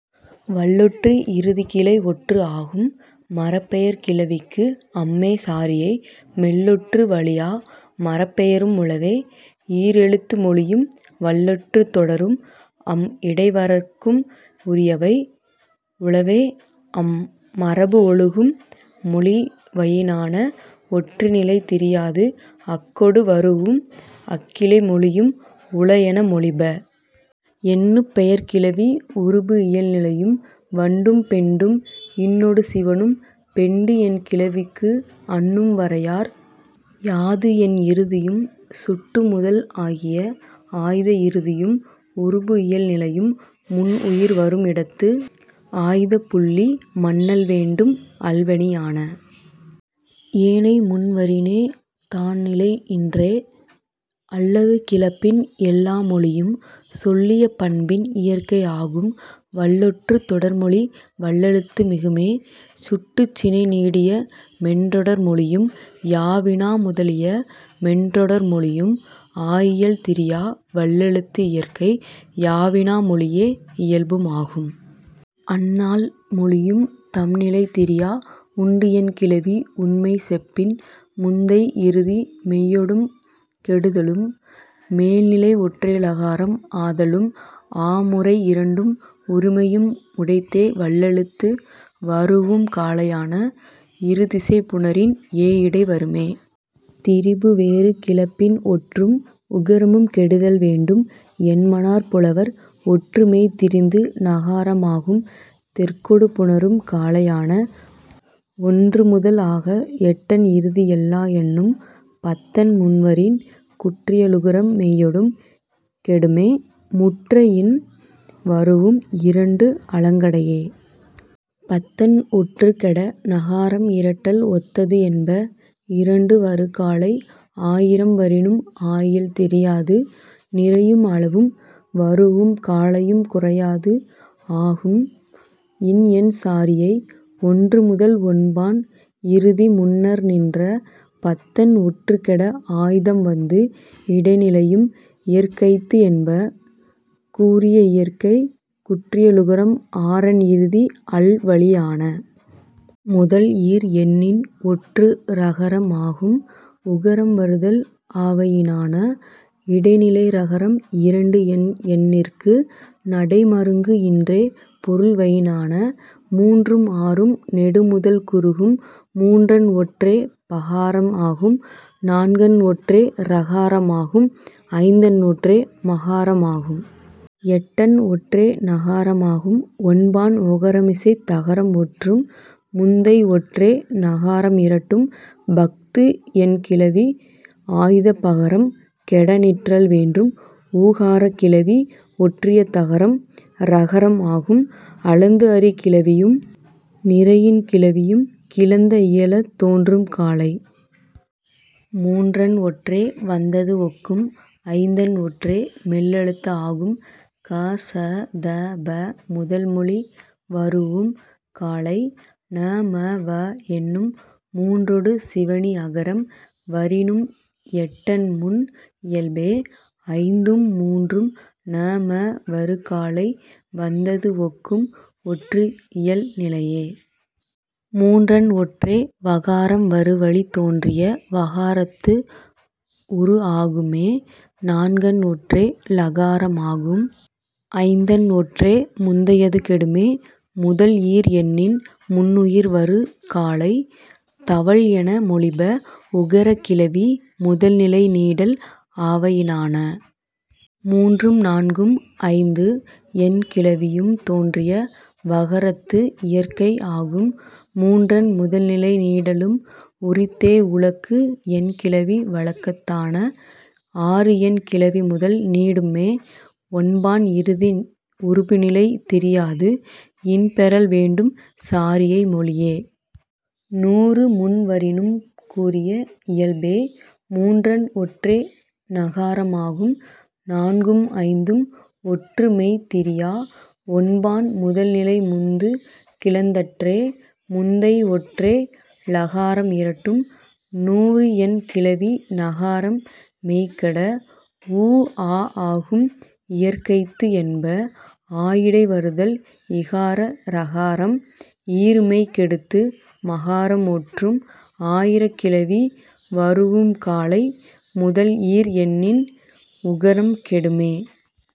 வல்லொற்று இறுதி கிளை ஒற்று ஆகும். மரப்பெயர்க் கிளவிக்கு அம்மே சாரியை. -- மெல்லொற்று வலியா மரப்பெயரும் உளவே. ஈர் எழுத்து மொழியும் வல்லொற்றுத் தொடரும் அம் இடை வரற்கும் உரியவை உளவே அம் மரபு ஒழுகும் மொழிவயினான ஒற்று நிலை திரியாது அக்கொடு வரூஉம் அக் கிளைமொழியும் உள என மொழிப. எண்ணுப்பெயர்க் கிளவி உருபு இயல் நிலையும். வண்டும் பெண்டும் இன்னொடு சிவணும். பெண்டு என் கிளவிக்கு அன்னும் வரையார். யாது என் இறுதியும் சுட்டு முதல் ஆகிய ஆய்த இறுதியும் உருபு இயல் நிலையும். முன் உயிர் வரும் இடத்து ஆய்தப் புள்ளி மன்னல் வேண்டும் அல்வழியான. ஏனை முன் வரினே தான் நிலை இன்றே. அல்லது கிளப்பின் எல்லா மொழியும் சொல்லிய பண்பின் இயற்கை ஆகும். வல்லொற்றுத் தொடர்மொழி வல்லெழுத்து மிகுமே. சுட்டுச் சினை நீடிய மென்றொடர் மொழியும் யா வினா முதலிய மென்றொடர் மொழியும் ஆயியல் திரியா வல்லெழுத்து இயற்கை. யா வினா மொழியே இயல்பும் ஆகும். அந் நால் மொழியும் தம் நிலை திரியா. உண்டு என் கிளவி உண்மை செப்பின் முந்தை இறுதி மெய்யொடும் கெடுதலும் மேல் நிலை ஒற்றே ளகாரம் ஆதலும் ஆ முறை இரண்டும் உரிமையும் உடைத்தே வல்லெழுத்து வரூஉம் காலையான. இரு திசை புணரின் ஏ இடை வருமே. திரிபு வேறு கிளப்பின் ஒற்றும் உகரமும் கெடுதல் வேண்டும் என்மனார் புலவர் ஒற்று மெய் திரிந்து னகாரம் ஆகும் தெற்கொடு புணரும் காலையான. ஒன்று முதல் ஆக எட்டன் இறுதி எல்லா எண்ணும் பத்தன் முன் வரின் குற்றியலுகரம் மெய்யொடும் கெடுமே முற்ற இன் வரூஉம் இரண்டு அலங்கடையே. பத்தன் ஒற்றுக் கெட னகாரம் இரட்டல் ஒத்தது என்ப இரண்டு வரு காலை. ஆயிரம் வரினும் ஆயியல் திரியாது. நிறையும் அளவும் வரூஉம் காலையும் குறையாது ஆகும் இன் என் சாரியை. ஒன்று முதல் ஒன்பான் இறுதி முன்னர் நின்ற பத்தன் ஒற்றுக் கெட ஆய்தம் வந்து இடை நிலையும் இயற்கைத்து என்ப கூறிய இயற்கை குற்றியலுகரம் ஆறன் இறுதி அல் வழியான. முதல் ஈர் எண்ணின் ஒற்று ரகரம் ஆகும் உகரம் வருதல் ஆவயினான. இடை நிலை ரகரம் இரண்டு என் எண்ணிற்கு நடை மருங்கு இன்றே பொருள்வயினான. மூன்றும் ஆறும் நெடு முதல் குறுகும் மூன்றன் ஒற்றே பகாரம் ஆகும். நான்கன் ஒற்றே றகாரம் ஆகும். ஐந்தன் ஒற்றே மகாரம் ஆகும். எட்டன் ஒற்றே ணகாரம் ஆகும். ஒன்பான் ஒகரமிசைத் தகரம் ஒற்றும் முந்தை ஒற்றே ணகாரம் இரட்டும் பஃது என் கிளவி ஆய்த பகரம் கெட நிற்றல் வேண்டும் ஊகாரக் கிளவி ஒற்றிய தகரம் றகரம் ஆகும். அளந்து அறி கிளவியும் நிறையின் கிளவியும் கிளந்த இயல தோன்றும் காலை. மூன்றன் ஒற்றே வந்தது ஒக்கும். ஐந்தன் ஒற்றே மெல்லெழுத்து ஆகும். க ச த ப முதல் மொழி வரூஉம் காலை. ந ம வ என்னும் மூன்றொடு சிவணி அகரம் வரினும் எட்டன் முன் இயல்பே. ஐந்தும் மூன்றும் ந ம வரு காலை வந்தது ஒக்கும் ஒற்று இயல் நிலையே. மூன்றன் ஒற்றே வகாரம் வரு வழி தோன்றிய வகாரத்து உரு ஆகும்மே. நான்கன் ஒற்றே லகாரம் ஆகும். ஐந்தன் ஒற்றே முந்தையது கெடுமே. முதல் ஈர் எண்ணின் முன் உயிர் வரு காலை தவல் என மொழிப உகரக் கிளவி முதல் நிலை நீடல் ஆவயினான. மூன்றும் நான்கும் ஐந்து என் கிளவியும் தோன்றிய வகரத்து இயற்கை ஆகும். மூன்றன் முதல் நிலை நீடலும் உரித்தே உழக்கு என் கிளவி வழக்கத்தான. ஆறு என் கிளவி முதல் நீடும்மே. ஒன்பான் இறுதி உருபு நிலை திரியாது இன் பெறல் வேண்டும் சாரியை மொழியே. நூறு முன் வரினும் கூறிய இயல்பே. மூன்றன் ஒற்றே நகாரம் ஆகும். நான்கும் ஐந்தும் ஒற்று மெய் திரியா. ஒன்பான் முதல் நிலை முந்து கிளந்தற்றே முந்தை ஒற்றே ளகாரம் இரட்டும் நூறு என் கிளவி நகாரம் மெய் கெட ஊ ஆ ஆகும் இயற்கைத்து என்ப ஆயிடை வருதல் இகார ரகாரம் ஈறு மெய் கெடுத்து மகாரம் ஒற்றும். ஆயிரக் கிளவி வரூஉம் காலை முதல் ஈர் எண்ணின் உகரம் கெடுமே.